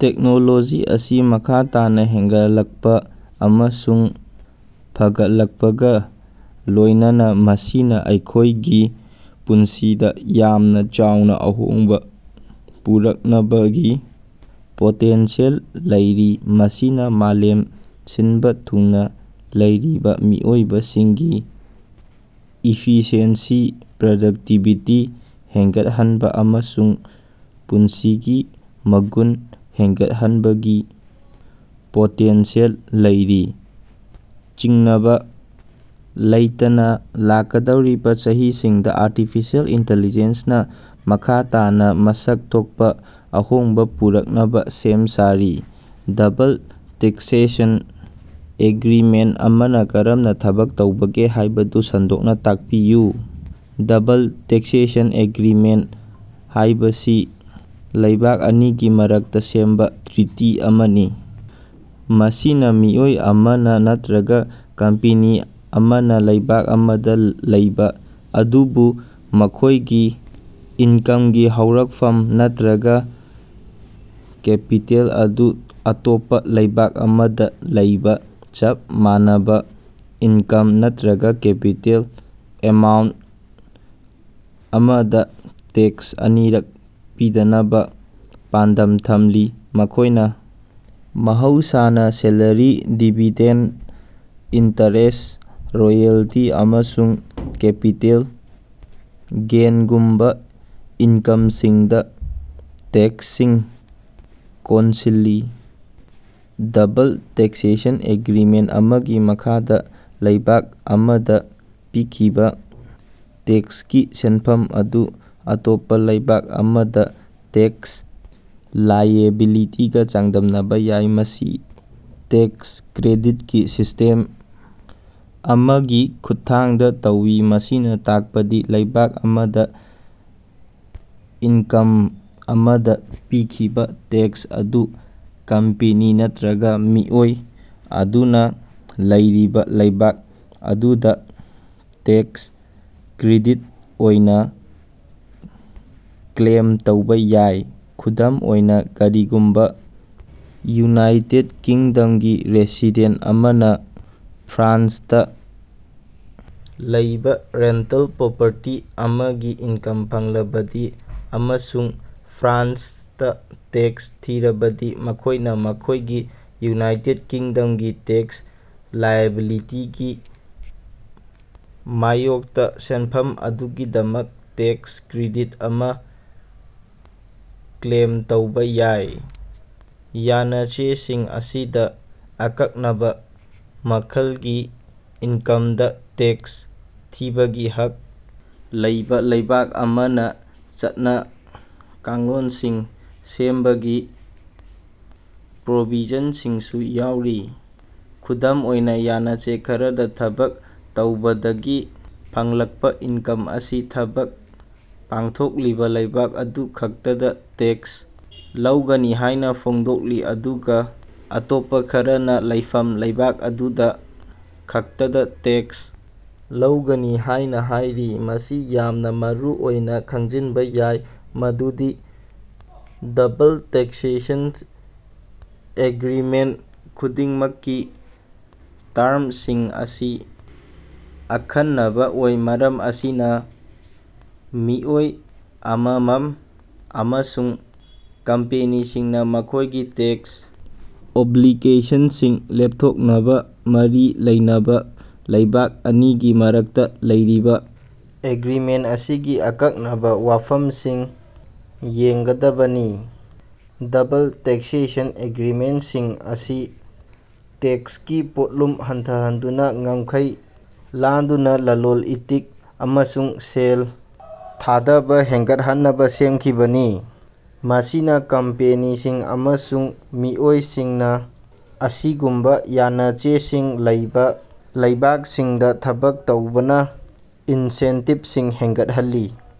Technology ꯑꯁꯤ ꯃꯈꯥ ꯇꯥꯅ ꯍꯦꯟꯒꯠꯂꯛꯄ ꯑꯃꯁꯨꯡ ꯐꯒꯠꯂꯛꯄꯒ ꯂꯣꯌꯅꯅ ꯃꯁꯤꯅ ꯑꯩꯈꯣꯏꯒꯤ ꯄꯨꯟꯁꯤꯗ ꯌꯥꯝꯅ ꯆꯥꯎꯅ ꯑꯍꯣꯡꯕ ꯄꯨꯔꯛꯅꯕꯒꯤ ꯄꯣꯇꯦꯟꯁꯤꯌꯦꯜ ꯂꯩꯔꯤ꯫ ꯃꯁꯤꯅ ꯃꯥꯂꯦꯝ ꯁꯤꯟꯕ ꯊꯨꯡꯅ ꯂꯩꯔꯤꯕ ꯃꯤꯑꯣꯏꯁꯤꯡꯒꯤ ꯏꯐꯤꯁꯤꯑꯦꯟꯁꯤ, ꯄ꯭ꯔꯗꯛꯇꯤꯚꯤꯇꯤ ꯍꯦꯟꯒꯠꯍꯟꯕ ꯑꯃꯁꯨꯡ ꯄꯨꯟꯁꯤꯒꯤ ꯃꯒꯨꯟ ꯍꯦꯟꯒꯠꯍꯟꯕꯒꯤ ꯄꯣꯇꯦꯟꯁꯤꯌꯦꯜ ꯂꯩꯔꯤ꯫ ꯆꯤꯡꯅꯕ ꯂꯩꯇꯅ, ꯂꯥꯛꯀꯗꯧꯔꯤꯕ ꯆꯍꯤꯁꯤꯡꯗ ꯑꯥꯔꯇꯤꯐꯤꯁꯤꯌꯦꯜ ꯏꯟꯇꯦꯂꯤꯖꯦꯟꯁꯅ ꯃꯈꯥ ꯇꯥꯅ ꯃꯁꯛ ꯊꯣꯛꯄ ꯑꯍꯣꯡꯕ ꯄꯨꯔꯛꯅꯕ ꯁꯦꯝ ꯁꯥꯔꯤ꯫ ꯗꯕꯜ ꯇꯦꯛꯁꯦꯁꯟ ꯑꯦꯒ꯭ꯔꯤꯃꯦꯟꯇ ꯑꯃꯅ ꯀꯔꯝꯅ ꯊꯕꯛ ꯇꯧꯕꯒꯦ ꯍꯥꯏꯕꯗꯨ ꯁꯟꯗꯣꯛꯅ ꯇꯥꯛꯄꯤꯌꯨ꯫ ꯗꯕꯜ ꯇꯦꯛꯁꯦꯁꯟ ꯑꯦꯒ꯭ꯔꯤꯃꯦꯟꯇ ꯍꯥꯏꯕꯁꯤ ꯂꯩꯕꯥꯛ ꯑꯅꯤꯒꯤ ꯃꯔꯛꯇ ꯁꯦꯝꯕ ꯇ꯭ꯔꯤꯇꯤ ꯑꯃꯅꯤ꯫ ꯃꯁꯤꯅ ꯃꯤꯑꯣꯏ ꯑꯃꯅ ꯅꯠꯇ꯭ꯔꯒ ꯀꯝꯄꯦꯅꯤ ꯑꯃꯅ ꯂꯩꯕꯥꯛ ꯑꯃꯗ ꯂꯩꯕ ꯑꯗꯨꯕꯨ ꯃꯈꯣꯏꯒꯤ ꯏꯟꯀꯝꯒꯤ ꯍꯧꯔꯛꯐꯝ ꯅꯠꯇ꯭ꯔꯒ ꯀꯦꯄꯤꯇꯦꯜ ꯑꯗꯨ ꯑꯇꯣꯞꯄ ꯂꯩꯕꯥꯛ ꯑꯃꯗ ꯂꯩꯕ, ꯆꯞ ꯃꯥꯟꯅꯕ ꯏꯟꯀꯝ ꯅꯠꯇ꯭ꯔꯒ ꯀꯦꯄꯤꯇꯦꯜ ꯑꯦꯃꯥꯎꯟꯇ ꯑꯃꯗ ꯇꯦꯛꯁ ꯑꯅꯤꯔꯛ ꯄꯤꯗꯅꯕ ꯄꯥꯟꯗꯝ ꯊꯝꯂꯤ꯫ ꯃꯈꯣꯏꯅ ꯃꯍꯧꯁꯥꯅ ꯁꯦꯂꯔꯤ, ꯗꯤꯕꯤꯗꯦꯟꯗ, ꯏꯟꯇꯔꯦꯁꯠ, ꯔꯣꯌꯦꯜꯇꯤ, ꯑꯃꯁꯨꯡ ꯀꯦꯄꯤꯇꯦꯜ ꯒꯦꯟꯒꯨꯝꯕ ꯏꯟꯀꯝꯁꯤꯡꯗ ꯇꯦꯛꯁꯁꯤꯡ ꯀꯣꯟꯁꯤꯜꯂꯤ꯫ ꯗꯕꯜ ꯇꯦꯛꯁꯦꯁꯟ ꯑꯦꯒ꯭ꯔꯤꯃꯦꯟꯇ ꯑꯃꯒꯤ ꯃꯈꯥꯗ ꯂꯩꯕꯥꯛ ꯑꯃꯗ ꯄꯤꯈꯤꯕ ꯇꯦꯛꯁꯀꯤ ꯁꯦꯟꯐꯝ ꯑꯗꯨ ꯑꯇꯣꯞꯄ ꯂꯩꯕꯥꯛ ꯑꯃꯗ ꯇꯦꯛꯁ ꯂꯥꯏꯑꯦꯕꯤꯂꯤꯇꯤꯒ ꯆꯥꯡꯗꯝꯅꯕ ꯌꯥꯏ꯫ ꯃꯁꯤ ꯇꯦꯛꯁ ꯀ꯭ꯔꯦꯗꯤꯠꯀꯤ ꯁꯤꯁꯇꯦꯝ ꯑꯃꯒꯤ ꯈꯨꯠꯊꯥꯡꯗ ꯇꯧꯏ꯫ ꯃꯁꯤꯅ ꯇꯥꯛꯄꯗꯤ ꯂꯩꯕꯥꯛ ꯑꯃꯗ ꯏꯟꯀꯝ ꯑꯃꯗ ꯄꯤꯈꯤꯕ ꯇꯦꯛꯁ ꯑꯗꯨ ꯀꯝꯄꯦꯅꯤ ꯅꯠꯇ꯭ꯔꯒ ꯃꯤꯑꯣꯏ ꯑꯗꯨꯅ ꯂꯩꯔꯤꯕ ꯂꯩꯕꯥꯛ ꯑꯗꯨꯗ ꯇꯦꯛꯁ ꯀ꯭ꯔꯦꯗꯤꯠ ꯑꯣꯏꯅ ꯀ꯭ꯂꯦꯝ ꯇꯧꯕ ꯌꯥꯏ꯫ ꯈꯨꯗꯝ ꯑꯣꯏꯅ, ꯀꯔꯤꯒꯨꯝꯕ ꯌꯨꯅꯥꯏꯇꯦꯗ ꯀꯤꯡꯗꯝꯒꯤ ꯔꯦꯁꯤꯗꯦꯟꯇ ꯑꯃꯅ ꯐ꯭ꯔꯥꯟꯁꯇ ꯂꯩꯕ ꯔꯦꯟꯇꯜ ꯄ꯭ꯔꯣꯄꯔꯇꯤ ꯑꯃꯗꯒꯤ ꯏꯟꯀꯝ ꯐꯪꯂꯕꯗꯤ ꯑꯃꯁꯨꯡ ꯐ꯭ꯔꯥꯟꯁꯇ ꯇꯦꯛꯁ ꯊꯤꯔꯕꯗꯤ ꯃꯈꯣꯏꯅ ꯃꯈꯣꯏꯒꯤ ꯌꯨꯅꯥꯏꯇꯦꯗ ꯀꯤꯡꯗꯝꯒꯤ ꯇꯦꯛꯁ ꯂꯥꯏꯑꯦꯕꯤꯂꯤꯇꯤꯒꯤ ꯃꯥꯌꯣꯛꯇ ꯁꯦꯟꯐꯝ ꯑꯗꯨꯒꯤꯗꯃꯛ ꯇꯦꯛꯁ ꯀ꯭ꯔꯦꯗꯤꯠ ꯑꯃ ꯀ꯭ꯂꯦꯝ ꯇꯧꯕ ꯌꯥꯏ꯫ ꯌꯥꯅꯆꯦꯁꯤꯡ ꯑꯁꯤꯗ ꯑꯀꯛꯅꯕ ꯃꯈꯜꯒꯤ ꯏꯟꯀꯝꯗ ꯇꯦꯛꯁ ꯊꯤꯕꯒꯤ ꯍꯛ ꯂꯩꯕ ꯂꯩꯕꯥꯛ ꯑꯃꯅ ꯆꯠꯅ-ꯀꯥꯡꯂꯣꯟꯁꯤꯡ ꯁꯦꯝꯕꯒꯤ ꯄ꯭ꯔꯣꯕꯤꯖꯟꯁꯤꯡꯁꯨ ꯌꯥꯎꯔꯤ꯫ ꯈꯨꯗꯝ ꯑꯣꯏꯅ, ꯌꯥꯅꯆꯦ ꯈꯔꯗ ꯊꯕꯛ ꯇꯧꯕꯗꯒꯤ ꯐꯪꯂꯛꯄ ꯏꯟꯀꯝ ꯑꯁꯤ ꯊꯕꯛ ꯄꯥꯡꯊꯣꯛꯂꯤꯕ ꯂꯩꯕꯥꯛ ꯑꯗꯨ ꯈꯛꯇꯗ ꯇꯦꯛꯁ ꯂꯧꯒꯅꯤ ꯍꯥꯏꯅ ꯐꯣꯡꯗꯣꯛꯂꯤ ꯑꯗꯨꯒ ꯑꯇꯣꯞꯄ ꯈꯔꯅ ꯂꯩꯐꯝ ꯂꯩꯕꯥꯛ ꯑꯗꯨꯗ ꯈꯛꯇꯗ ꯇꯦꯛꯁ ꯂꯧꯒꯅꯤ ꯍꯥꯏꯅ ꯍꯥꯏꯔꯤ꯫ ꯃꯁꯤ ꯌꯥꯝꯅ ꯃꯔꯨꯑꯣꯏꯅ ꯈꯪꯖꯤꯟꯕ ꯌꯥꯏ ꯃꯗꯨꯗꯤ ꯗꯕꯜ ꯇꯦꯛꯁꯦꯁꯟ ꯑꯦꯒ꯭ꯔꯤꯃꯦꯟꯇ ꯈꯨꯗꯤꯡꯃꯛꯀꯤ ꯇꯔꯝꯁꯤꯝꯡ ꯑꯁꯤ ꯑꯈꯟꯅꯕ ꯑꯣꯏ꯫ ꯃꯔꯝ ꯑꯁꯤꯅ ꯃꯤꯑꯣꯏ ꯑꯃꯃꯝ ꯑꯃꯁꯨꯡ ꯀꯝꯄꯦꯅꯤꯁꯤꯡꯅ ꯃꯈꯣꯏꯒꯤ ꯇꯦꯛꯁ ꯑꯣꯕ꯭ꯂꯤꯒꯦꯁꯟꯁꯤꯡ ꯂꯦꯞꯊꯣꯛꯅꯕ ꯃꯔꯤ ꯂꯩꯅꯕ ꯂꯩꯕꯥꯛ ꯑꯅꯤꯒꯤ ꯃꯔꯛꯇ ꯂꯩꯔꯤꯕ ꯑꯦꯒ꯭ꯔꯤꯃꯦꯟꯇ ꯑꯁꯤꯒꯤ ꯑꯀꯛꯅꯕ ꯋꯥꯐꯝꯁꯤꯡ ꯌꯦꯡꯒꯗꯕꯅꯤ꯫ ꯗꯕꯜ ꯇꯦꯛꯁꯦꯁꯟ ꯑꯦꯒ꯭ꯔꯤꯃꯦꯟꯇꯁꯤꯡ ꯑꯁꯤ ꯇꯦꯛꯁꯀꯤ ꯄꯣꯠꯂꯨꯝ ꯍꯟꯊꯍꯟꯗꯨꯅ ꯉꯝꯈꯩ ꯂꯥꯟꯗꯨꯅ ꯂꯂꯣꯟ-ꯏꯇꯤꯛ ꯑꯃꯁꯨꯡ ꯁꯦꯜ ꯊꯥꯙꯕ ꯍꯦꯟꯒꯠꯍꯟꯅꯕ ꯁꯦꯝꯈꯤꯕꯅꯤ꯫ ꯃꯁꯤꯅ ꯀꯝꯄꯦꯅꯤꯁꯤꯡ ꯑꯃꯁꯨꯡ ꯃꯤꯑꯣꯏꯁꯤꯡꯅ ꯑꯁꯤꯒꯨꯝꯕ ꯌꯥꯅꯆꯦꯁꯤꯡ ꯂꯩꯕ ꯂꯩꯕꯥꯛꯁꯤꯡꯗ ꯊꯕꯛ ꯇꯧꯅꯕ ꯏꯟꯁꯦꯟꯇꯤꯚꯁꯤꯡ ꯍꯦꯟꯒꯠꯍꯜꯂꯤ꯫